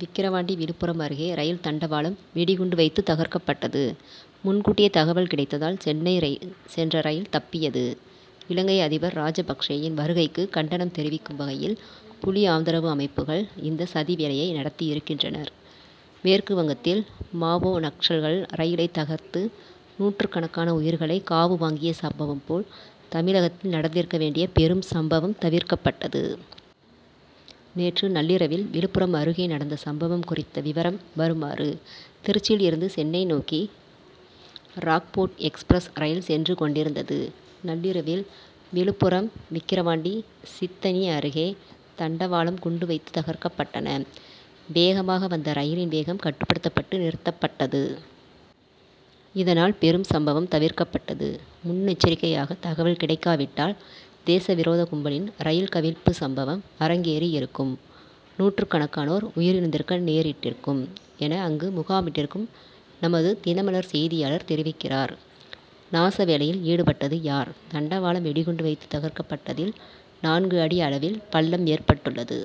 விக்கிரவாண்டி விழுப்புரம் அருகே ரயில் தண்டவாளம் வெடிகுண்டு வைத்து தகர்க்கப்பட்டது. முன்கூட்டியே தகவல் கிடைத்ததால் சென்னை சென்ற ரயில் தப்பியது. இலங்கை அதிபர் ராஜபக்ஷேயின் வருகைக்கு கண்டனம் தெரிவிக்கும் வகையில் புலி ஆதரவு அமைப்புகள் இந்த சதி வேலையை நடத்தியிருக்கின்றனர். மேற்குவங்கத்தில் மாவோ., நக்சல்கள் ரயிலை தகர்த்து நூற்றுக்கணக்கான உயிர்களை காவு வாங்கிய சம்பவம் போல், தமிழகத்தில் நடந்திருக்க வேண்டிய பெரும் சம்பவம் தவிர்க்கப்பட்டது. நேற்று நள்ளிரவில் விழுப்புரம் அருகே நடந்த சம்பவம் குறித்த விவரம் வருமாறு திருச்சியில் இருந்து சென்னை நோக்கி ராக்போர்ட் எக்ஸ்பிரஸ் ரயில் சென்று கொண்டிருந்தது. நள்ளிரவில் விழுப்புரம் விக்கிரவாண்டி சித்தனி அருகே தண்டவாளம் குண்டு வைத்து தகர்க்கப்பட்டன. வேகமாக வந்த ரயிலின் வேகம் கட்டுப்படுத்தப்பட்டு நிறுத்தப்பட்டது. இதனால் பெரும் சம்பவம் தவிர்க்கப்பட்டது. முன்னெச்சரிக்கையாக தகவல் கிடைக்காவிட்டால் தேச விரோத கும்பலின் ரயில் கவிழ்ப்பு சம்பவம் அரங்கேறியிருக்கும். நூற்றுக்கணக்கானோர் உயிரிழந்திருக்க நேரிட்டிருக்கும் என அங்கு முகாமிட்டிருக்கும் நமது தினமலர் செய்தியாளர் தெரிவிக்கிறார். நாசவேலையில் ஈடுபட்டது யார்? தண்டவாளம் வெடிகுண்டு வைத்து தகர்க்கப்பட்டதில் நான்கு அடி அளவில் பள்ளம் ஏற்பட்டுள்ளது.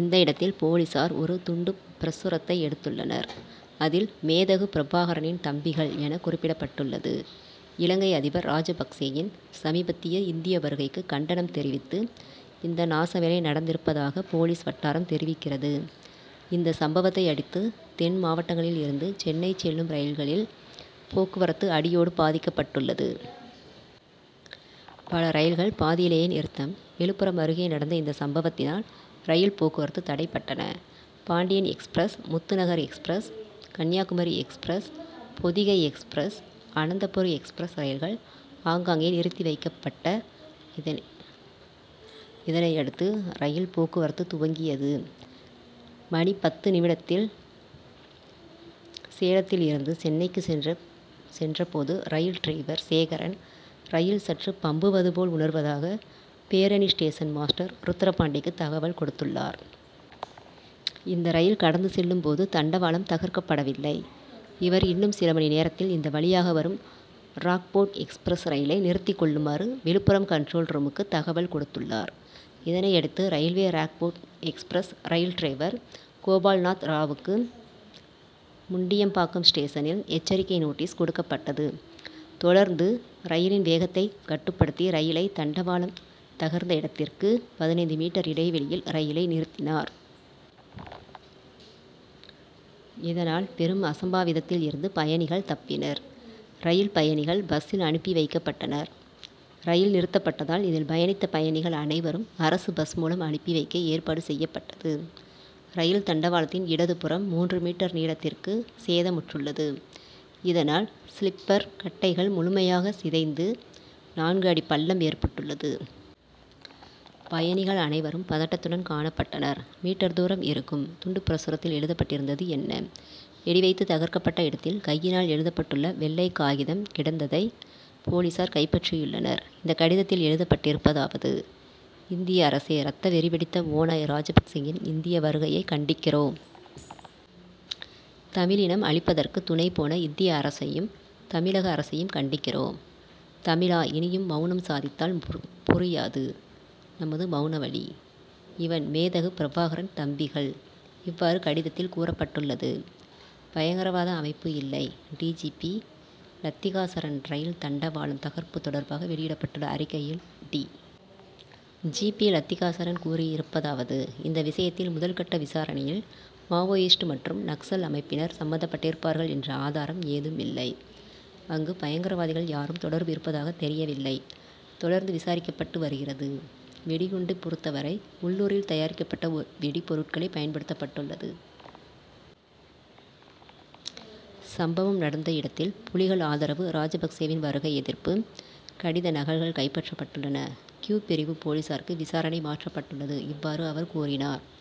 இந்த இடத்தில் போலீசார் ஒரு துண்டு பிரசுரத்தை எடுத்துள்ளனர். அதில் மேதகு பிரபாகரனின் தம்பிகள் என குறிப்பிடப்பட்டுள்ளது. இலங்கை அதிபர் ராஜபக்சேயின் சமீபத்திய இந்திய வருகைக்கு கண்டனம் தெரிவித்து இந்த நாச வேலை நடந்திருப்பதாக போலீஸ் வட்டாரம் தெரிவிக்கிறது. இந்த சம்பவத்தை அடுத்து தென் மாவட்டங்களில் இருந்து சென்னை செல்லும் ரயில்கள் போக்குவரத்து அடியோடு பாதிக்கப்பட்டுள்ளது. பல ரயில்கள் பாதியிலே நிறுத்தம் விழுப்புரம் அருகே நடந்த இந்த சம்பவத்தினால் ரயில் போக்குவரத்து தடைப்பட்டன. Pandian express, Muthunagar express, Kanyakumari express, Podhigai express, Ananthapuri express ரயில்கள் ஆங்காங்கே நிறுத்தி வைக்கப்பட்ட. இதனையடுத்து ரயில் போக்குவரத்து துவங்கியது. மணி. பத்து நிமிடத்தில் சேலத்தில் இருந்து சென்னைக்கு சென்ற போது ரயில் டிரைவர் சேகரன், ரயில் சற்று பம்முவதுபோல, உணர்வதாக பேரணி ஸ்டேஷன் மாஸ்டர் ருத்ரபாண்டிக்கு தகவல் கொடுத்துள்ளார். இந்த ரயில் கடந்து செல்லும்போது தண்டவாளம் தகர்க்கப்படவில்லை. இவர் இன்னும் சில மணி நேரத்தில் இந்த வழியாக வரும் ராக்போட் எக்ஸ்பிரஸ் ரயிலை நிறுத்திக்கொள்ளுமாறு விழுப்புரம் கன்ட்ரோல் ரூமுக்கு தகவல் கொடுத்துள்ளார். இதனையடுத்து railway Rockfort express rail driver Gopalnath ராவுக்கு முண்டியம்பாக்கம் ஸ்டேஷனில் எச்சரிக்கை நோட்டீஸ் கொடுக்கப்பட்டது தொடர்ந்து ரயிலின் வேகத்தை கட்டுப்படுத்தி ரயிலை தண்டவாளம் தகர்ந்த இடத்திற்கு பதினைந்து மீட்டர் இடைவெளியில் ரயிலை நிறுத்தினார். இதனால் பெரும் அசம்பாவிதத்தில் இருந்து பயணிகள் தப்பினர். ரயில் பயணிகள் பஸ்சில் அனுப்பி வைக்கப்படனர் ரயில் நிறுத்தப்பட்டதால் இதில் பயணித்த பயணிகள் அனைவரும் அரசு பஸ் மூலம் அனுப்பி வைக்க ஏற்பாடு செய்யப்பட்டது. ரயில் தண்டவாளத்தின் இடது புறம் மூன்று மீட்டர் நீளத்திற்கு சேதமுற்றுள்ளது. இதனால் சிலிப்பர் கட்டைகள் முழுமையாக சிதைந்து நான்கு அடிப்பள்ளம் ஏற்பட்டுள்ளது. பயணிகள் அனைவரும பதட்டத்துடன் காணப்பட்டனர். மீட்டர் தூரம் இருக்கும். துண்டு பிரசுரத்தில் எழுதப்பட்டிருந்தது என்ன? வெடி வைத்து தகர்க்கப்பட்ட இடத்தில் கையினால் எழுதப்பட்டுள்ள வெள்ளை காகிதம் கிடந்ததை போலீசார் கைப்பற்றியுள்ளனர், இந்த கடிதத்தில் எழுதப்பட்டிருந்ததாவது இந்திய அரசே ரத்த வெறி பிடித்த ஓநாய் ராஜபக்சேயின் இந்திய வருகையை கண்டிக்கிறோம். தமிழினம் அழிப்பதற்கு துணைபோன இந்திய அரசையும், தமிழக அரசையும் கண்டிக்கிறோம். தமிழா இனியும் மவுனம் சாதித்தால் புரியாது நமது மவுன வலி. இவண். மேதகு பிரபாகரன் தம்பிகள். இவ்வாறு கடிதத்தில் கூறப்பட்டுள்ளது. பயங்கரவாத அமைப்பு இல்லை D. G. P., Letika Saran rail தண்டவாளம் தகர்ப்பு தொடர்பாக வெளியிட்டுள்ள அறிக்கையில் டி. ஜி. பி., லத்திகாசரண் கூறியிருப்பதாவது இந்த விஷயத்தில் முதல்கட்ட விசாரணையில், மாவோயிஸ்ட் மற்றும் நக்சல் அமைப்பினர் சம்பந்தப்பட்டிருப்பார்கள் என்ற ஆதாரம் ஏதும் இல்லை. அங்கு பயங்கரவாதிகள் யாரும் தொடர்பு இருப்பதாக தெரியவில்லை, தொடர்ந்து விசாரிக்கப்பட்டு வருகிறது. வெடிகுண்டு பொறுத்த வரை உள்ளூரில் தயாரிக்கப்பட்ட வெடி பொருட்களே பயன்படுத்தப்பட்டுள்ளது. சம்பவம் நடந்த இடத்தில் புலிகள் ஆதரவு ராஜபக்சேவின் வருகை எதிர்ப்பு கடித நகல்கள் கைப்பற்றப்பட்டுள்ளன. கியூ பிரிவு போலீசாருக்கு விசாரணை மாற்றப்பட்டுள்ளது இவ்வாறு அவர் கூறினார்.